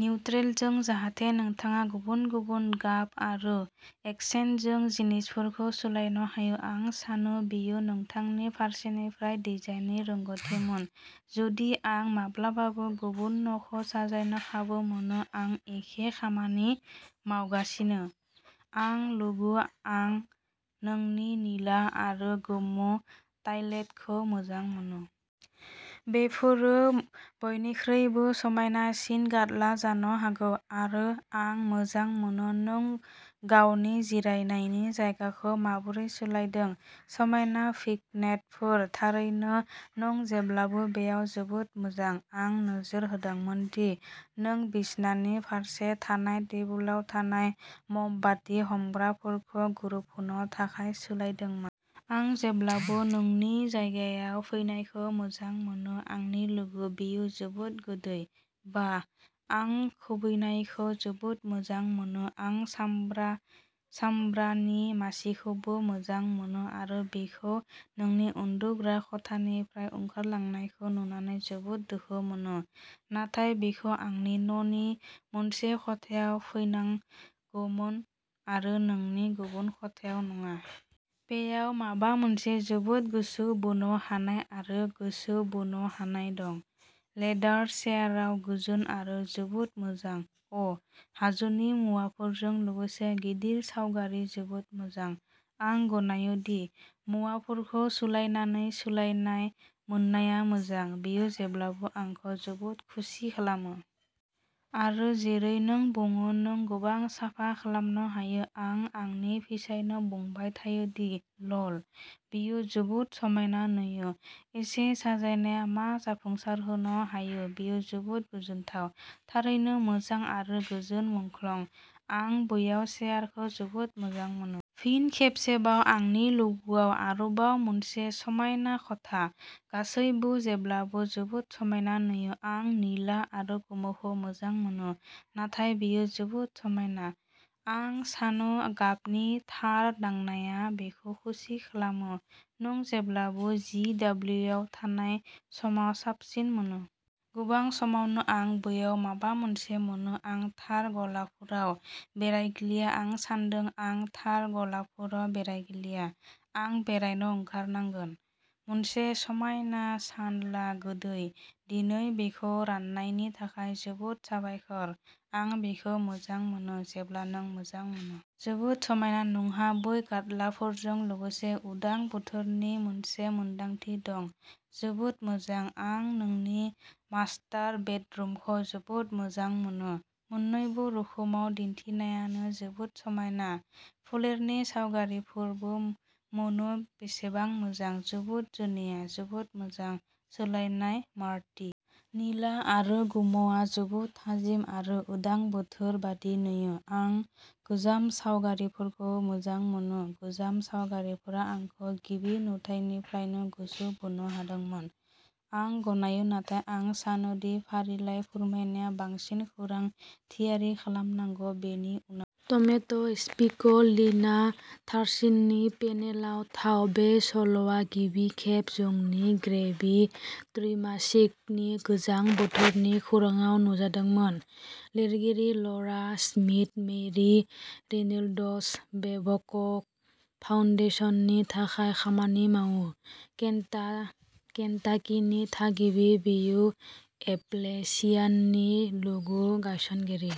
निउट्रेलजों जाहाथे नोंथाङा गुबुन-गुबुन गाब आरो एक्सेन्टजों जिनिसफोरखौ सोलायनो हायो आं सानो बेयो नोंथांनि फारसेनिफ्राय डिजाइननि रोंग'थिमोन जुदि आं माब्लाबाबो गुबुन न'खौ साजायनो खाबु मोनो आं एखे खामानि मावगासिनो आंनि लोगो, आं नोंनि निला आरो गोमो टायलेटखौ मोजां मोनो बेफोरो बयनिख्रुइबो समायनासिन गाद्ला जानो हागौ आरो आं मोजां मोनो नों गावनि जिरायनायनि जायगाखौ माबोरै सोलायदों समायना भिग्नेटफोर थारैनो, नों जेब्लाबो बेयाव जोबोद मोजां आं नोजोर होदोंमोन दि नों बिसनानि फारसे थानाय टेबोलाव थानाय मोमबाति हमग्राफोरखौ गोरोबहोनो थाखाय सोलायदोंमोन आं जेब्लाबो नोंनि जायगायाव फैनायखौ मोजां मोनो, आंनि लोगो बेयो जोबोद गोदै बाह आं खुबैनायखौ जोबोद मोजां मोनो आं सामब्रा सामब्रानि मासिखौबो मोजां मोनो आरो बेखौ नोंनि उन्दुग्रा खथानिफ्राय ओंखारलांनायखौ नुनानै जोबोद दुखु मोनो नाथाय बेखौ आंनि न'नि मोनसे खथायाव फैनांगौमोन आरो नोंनि गुबुन खथायाव नङा। बेयाव माबा मोनसे जोबोद गोसो बोनो हानाय आरो गोसो बोनो हानाय दं। लेदार चेयारआव गोजोन आरो जोबोद मोजां। अ हाजोनि मुवाफोरजों लोगोसे गिदिर सावगारि जोबोद मोजां आं गनायो दि मुवाफोरखौ सोलायनानै सोलायनाय मोननाया मोजां बेयो जेब्लाबो आंखौ जोबोद खुसि खालामो। आरो जेरै नों बुङो नों गोबां साफा खालामनो हायो आं आंनि फिसायनो बुंबाय थायो दि, ल'ल बेयो जोबोद समायना नुयो। एसे साजायनाया मा जाफुंसारहोनो हायो बेयो जोबोद गोजोनथाव। थारैनो मोजां आरो गोजोन मुंख्लं, आं बैयाव चेयारखौ जोबोद मोजां मोनो। फिन खेबसेबाव आंनि लोगोआ आरोबाव मोनसे समायना खथा। गासैबो जेब्लाबो जोबोद समायना नुयो। आं निला आरो गोमोखौ मोजां मोनो, नाथाय बेयो जोबोद समायना। आं सानो गाबनि थार दांनाया बेखौ खुसि खालामो। नों जेब्लाबो जि दाबलिव आव थानाय समाव साबसिन मोनो। गोबां समावनो आं बैयाव माबा मोनसे मोनो। आं थार गलाफोराव बेरायग्लिया। आं सान्दों आं थार गलाफोराव बेरायग्लिया। आं बेरायनो ओंखारनांगोन। मोनसे समायना सान ला, गोदै। दिनै बेखौ राननायनि थाखाय जोबोद साबायखर। आं बेखौ मोजां मोनो, जेब्ला नों मोजां मोनो। जोबोद समायना! नोंहा बै गाद्लाफोरजों लोगोसे उदां बोथोरनि मोनसे मोनदांथि दं, जोबोद मोजां! आं नोंनि मास्टार बेडरुमखौ जोबोद मोजां मोनो! मोन्नैबो रोखोमाव दिन्थिनायानो जोबोद समायना। फोलेरनि सावगारिफोरबो मोन्नो बेसेबां मोजां, जोबोद जुनिया! जोबोद मोजां सोलायनाय, मार्टी! निला आरो गोमोआ जोबोद थाजिम आरो उदां बोथोर बायदि नुयो। आं गोजाम सावगारिफोरखौ मोजां मोनो। गोजाम सावगारिफोरा आंखौ गिबि नुथाइनिफ्रायनो गोसो बोनो हादोंमोन। आं गनायो, नाथाय आं सानो दि फारिलाइ फोरमायनाया बांसिन खौरां थियारि खालामनांगौ, बेनि उनाव। "टमेट'एस्पिक", लिना थार्सिंनि पेनेलाव थाव। बे सल'आ गिबि खेब जोंनि ग्रेवी त्रैमासिकनि गोजां बोथोरनि खौरांआव नुजादोंमोन। लिरगिरि, ल'रा स्मिथ, मेरी रेनोल्ड्स बेबक'क फाउन्डेशननि थाखाय खामानि मावो। केन्टा केन्टाकीनि थागिबि, बियो एपलेचियाननि लोगो-गायसनगिरि।